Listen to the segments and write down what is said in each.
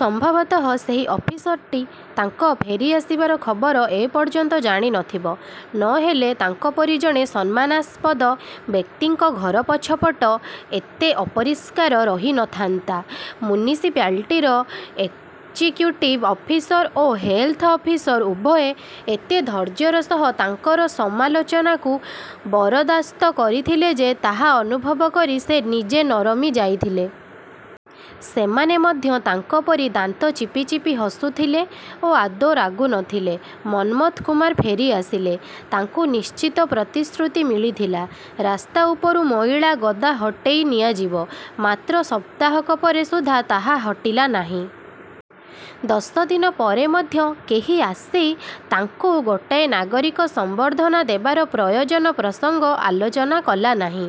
ସମ୍ଭବତଃ ସେଇ ଅଫିସରଟି ତାଙ୍କ ଫେରି ଆସିବାର ଖବର ଏ ପର୍ଯ୍ୟନ୍ତ ଜାଣି ନଥିବ। ନହେଲେ ତାଙ୍କ ପରି ଜଣେ ସମ୍ମାନାସ୍ପଦ ବ୍ୟକ୍ତିଙ୍କ ଘର ପଛପଟ ଏତେ ଅପରିଷ୍କାର ରହି ନଥାନ୍ତା! ମ୍ୟୁନିସିପାଲିଟିର ଏକ୍‌ଜିକ୍ୟୁଟିଭ ଅଫିସର ଓ ହେଲ୍‌ଥ ଅଫିସର ଉଭୟେ ଏତେ ଧୈର୍ଯ୍ୟର ସହ ତାଙ୍କର ସମାଲୋଚନାକୁ ବରଦାସ୍ତ କରିଥିଲେ ଯେ ତାହା ଅନୁଭବ କରି ସେ ନିଜେ ନରମି ଯାଇଥିଲେ। ସେମାନେ ମଧ୍ୟ ତାଙ୍କ ପରି ଦାନ୍ତ ଚିପି ଚିପି ହସୁଥିଲେ ଓ ଆଦୌ ରାଗୁ ନଥିଲେ। ମନ୍ମଥ କୁମାର ଫେରି ଆସିଲେ। ତାଙ୍କୁ ନିଶ୍ଚିତ ପ୍ରତିଶ୍ରୁତି ମିଳିଥିଲା, ରାସ୍ତା ଉପରୁ ମଇଳା ଗଦା ହଟେଇ ନିଆଯିବ। ମାତ୍ର ସପ୍ତାହକ ପରେ ସୁଦ୍ଧା ତାହା ହଟିଲା ନାହିଁ। ଦଶ ଦିନ ପରେ ମଧ୍ୟ କେହି ଆସି ତାଙ୍କୁ ଗୋଟାଏ ନାଗରିକ ସମ୍ବର୍ଦ୍ଧନା ଦେବାର ପ୍ରୟୋଜନ ପ୍ରସଙ୍ଗ ଆଲୋଚନା କଲା ନାହିଁ।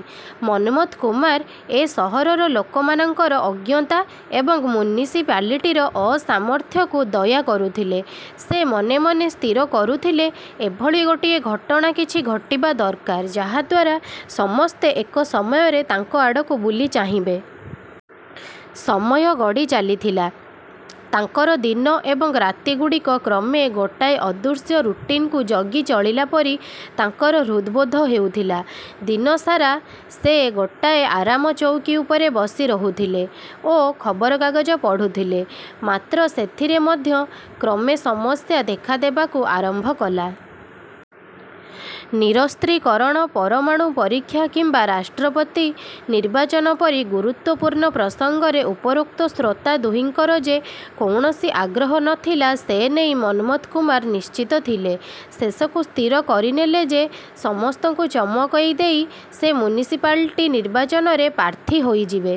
ମନ୍ମଥ କୁମାର ଏ ସହରର ଲୋକମାନଙ୍କର ଅଜ୍ଞତା ଏବଂ ମ୍ୟୁନିସିପାଲିଟିର ଅସାମର୍ଥ୍ୟକୁ ଦୟା କରୁଥିଲେ। ସେ ମନେ ମନେ ସ୍ଥିର କରୁଥିଲେ, ଏଭଳି ଗୋଟିଏ ଘଟଣା କିଛି ଘଟିବା ଦରକାର, ଯାହାଦ୍ୱାରା ସମସ୍ତେ ଏକ ସମୟରେ ତାଙ୍କ ଆଡ଼କୁ ବୁଲି ଚାହିଁବେ। ସମୟ ଗଡ଼ି ଚାଲିଥିଲା। ତାଙ୍କର ଦିନ ଏବଂ ରାତିଗୁଡ଼ିକ କ୍ରମେ ଗୋଟାଏ ଅଦୃଶ୍ୟ ରୁଟିନ୍‌କୁ ଜଗି ଚଳିଲା ପରି ତାଙ୍କର ହୃଦବୋଧ ହେଉଥିଲା। ଦିନସାରା ସେ ଗୋଟାଏ ଆରାମ ଚଉକୀ ଉପରେ ବସି ରହୁଥିଲେ ଓ ଖବରକାଗଜ ପଢ଼ୁଥିଲେ। ମାତ୍ର ସେଥିରେ ମଧ୍ୟ କ୍ରମେ ସମସ୍ୟା ଦେଖାଦେବାକୁ ଆରମ୍ଭ କଲା। ନିରସ୍ତ୍ରୀକରଣ, ପରମାଣୁ ପରୀକ୍ଷା କିମ୍ବା ରାଷ୍ଟ୍ରପତି ନିର୍ବାଚନ ପରି ଗୁରୁତ୍ୱପୂର୍ଣ୍ଣ ପ୍ରସଙ୍ଗରେ ଉପରୋକ୍ତ ଶ୍ରୋତା ଦୁହିଁଙ୍କର ଯେ କୌଣସି ଆଗ୍ରହ ନଥିଲା ସେ ନେଇ ମନ୍ମଥ କୁମାର ନିଶ୍ଚିତ ଥିଲେ। ଶେଷକୁ ସ୍ଥିର କରିନେଲେ ଯେ ସମସ୍ତଙ୍କୁ ଚମକେଇ ଦେଇ ସେ ମ୍ୟୁନିସିପାଲିଟି ନିର୍ବାଚନରେ ପ୍ରାର୍ଥୀ ହୋଇଯିବେ।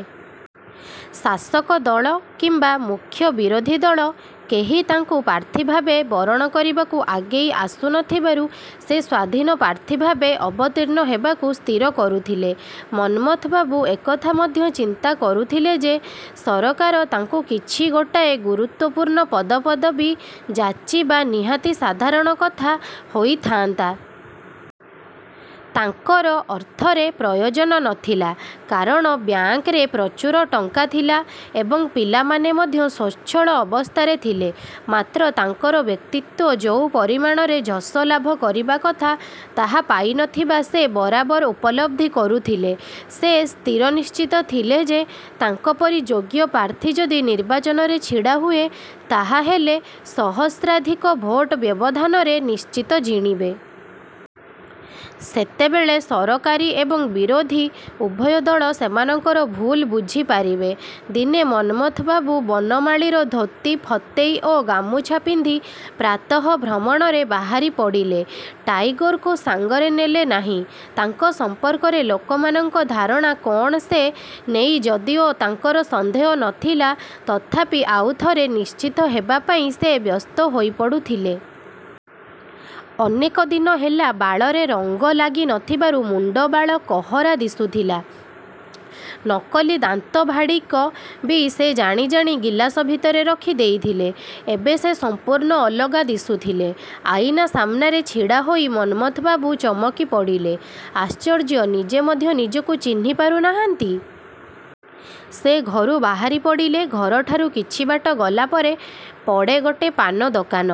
ଶାସକ ଦଳ କିମ୍ବା ମୁଖ୍ୟ ବିରୋଧୀ ଦଳ କେହି ତାଙ୍କୁ ପ୍ରାର୍ଥୀ ଭାବେ ବରଣ କରିବାକୁ ଆଗେଇ ଆସୁ ନଥିବାରୁ ସେ ସ୍ୱାଧୀନ ପ୍ରାର୍ଥୀ ଭାବେ ଅବତୀର୍ଣ୍ଣ ହେବାକୁ ସ୍ଥିର କରୁଥିଲେ। ମନ୍ମଥ ବାବୁ ଏକଥା ମଧ୍ୟ ଚିନ୍ତା କରୁଥିଲେ ଯେ, ସରକାର ତାଙ୍କୁ କିଛି ଗୋଟାଏ ଗୁରୁତ୍ୱପୂର୍ଣ୍ଣ ପଦପଦବି ଯାଚିବା ନିହାତି ସାଧାରଣ କଥା ହୋଇଥାନ୍ତା। ତାଙ୍କର ଅର୍ଥରେ ପ୍ରୟୋଜନ ନଥିଲା, କାରଣ ବ୍ୟାଙ୍କରେ ପ୍ରଚୁର ଟଙ୍କା ଥିଲା ଏବଂ ପିଲାମାନେ ମଧ୍ୟ ସ୍ୱଚ୍ଛଳ ଅବସ୍ଥାରେ ଥିଲେ। ମାତ୍ର, ତାଙ୍କର ବ୍ୟକ୍ତିତ୍ୱ ଯୋଉ ପରିମାଣରେ ଯଶ ଲାଭ କରିବା କଥା ତାହା ପାଇନଥିବା ସେ ବରାବର ଉପଲବ୍ଧି କରୁଥିଲେ। ସେ ସ୍ଥିରନିଶ୍ଚିତ ଥିଲେ ଯେ ତାଙ୍କ ପରି ଯୋଗ୍ୟ ପ୍ରାର୍ଥୀ ଯଦି ନିର୍ବାଚନରେ ଛିଡ଼ା ହୁଏ, ତାହାହେଲେ ସହସ୍ରାଧିକ ଭୋଟ ବ୍ୟବଧାନରେ ନିଶ୍ଚିତ ଜିଣିବେ। ସେତେବେଳେ ସରକାରୀ ଏବଂ ବିରୋଧୀ ଉଭୟ ଦଳ ସେମାନଙ୍କର ଭୁଲ ବୁଝି ପାରିବେ। ଦିନେ ମନ୍ମଥବାବୁ ବନମାଳୀର ଧୋତି, ଫତେଇ ଓ ଗାମୁଛା ପିନ୍ଧି ପ୍ରାତଃଭ୍ରମଣରେ ବାହାରିପଡ଼ିଲେ। ଟାଇଗରକୁ ସାଙ୍ଗରେ ନେଲେ ନାହିଁ। ତାଙ୍କ ସଂପର୍କରେ ଲୋକମାନଙ୍କ ଧାରଣା କଣ ସେ ନେଇ ଯଦିଓ ତାଙ୍କର ସନ୍ଦେହ ନ ଥିଲା ତଥାପି ଆଉଥରେ ନିଶ୍ଚିତ ହେବା ପାଇଁ ସେ ବ୍ୟସ୍ତ ହୋଇପଡ଼ୁଥିଲେ। ଅନେକ ଦିନ ହେଲା ବାଳରେ ରଙ୍ଗ ଲାଗି ନଥିବାରୁ ମୁଣ୍ଡବାଳ କହରା ଦିଶୁଥିଲା। ନକଲି ଦାନ୍ତ ଭାଡ଼ିକ ବି ସେ ଜାଣି ଜାଣି ଗିଲାସ ଭିତରେ ରଖି ଦେଇଥିଲେ। ଏବେ ସେ ସଂପୂର୍ଣ୍ଣ ଅଲଗା ଦିଶୁଥିଲେ। ଆଇନା ସାମ୍ନାରେ ଛିଡ଼ାହୋଇ ମନ୍ମଥବାବୁ ଚମକିପଡ଼ିଲେ। ଆଶ୍ଚର୍ଯ୍ୟ, ନିଜେ ମଧ୍ୟ ନିଜକୁ ଚିହ୍ନି ପାରୁନାହାନ୍ତି! ସେ ଘରୁ ବାହାରି ପଡ଼ିଲେ। ଘରଠାରୁ କିଛିବାଟ ଗଲା ପରେ ପଡ଼େ ଗୋଟେ ପାନ ଦୋକାନ।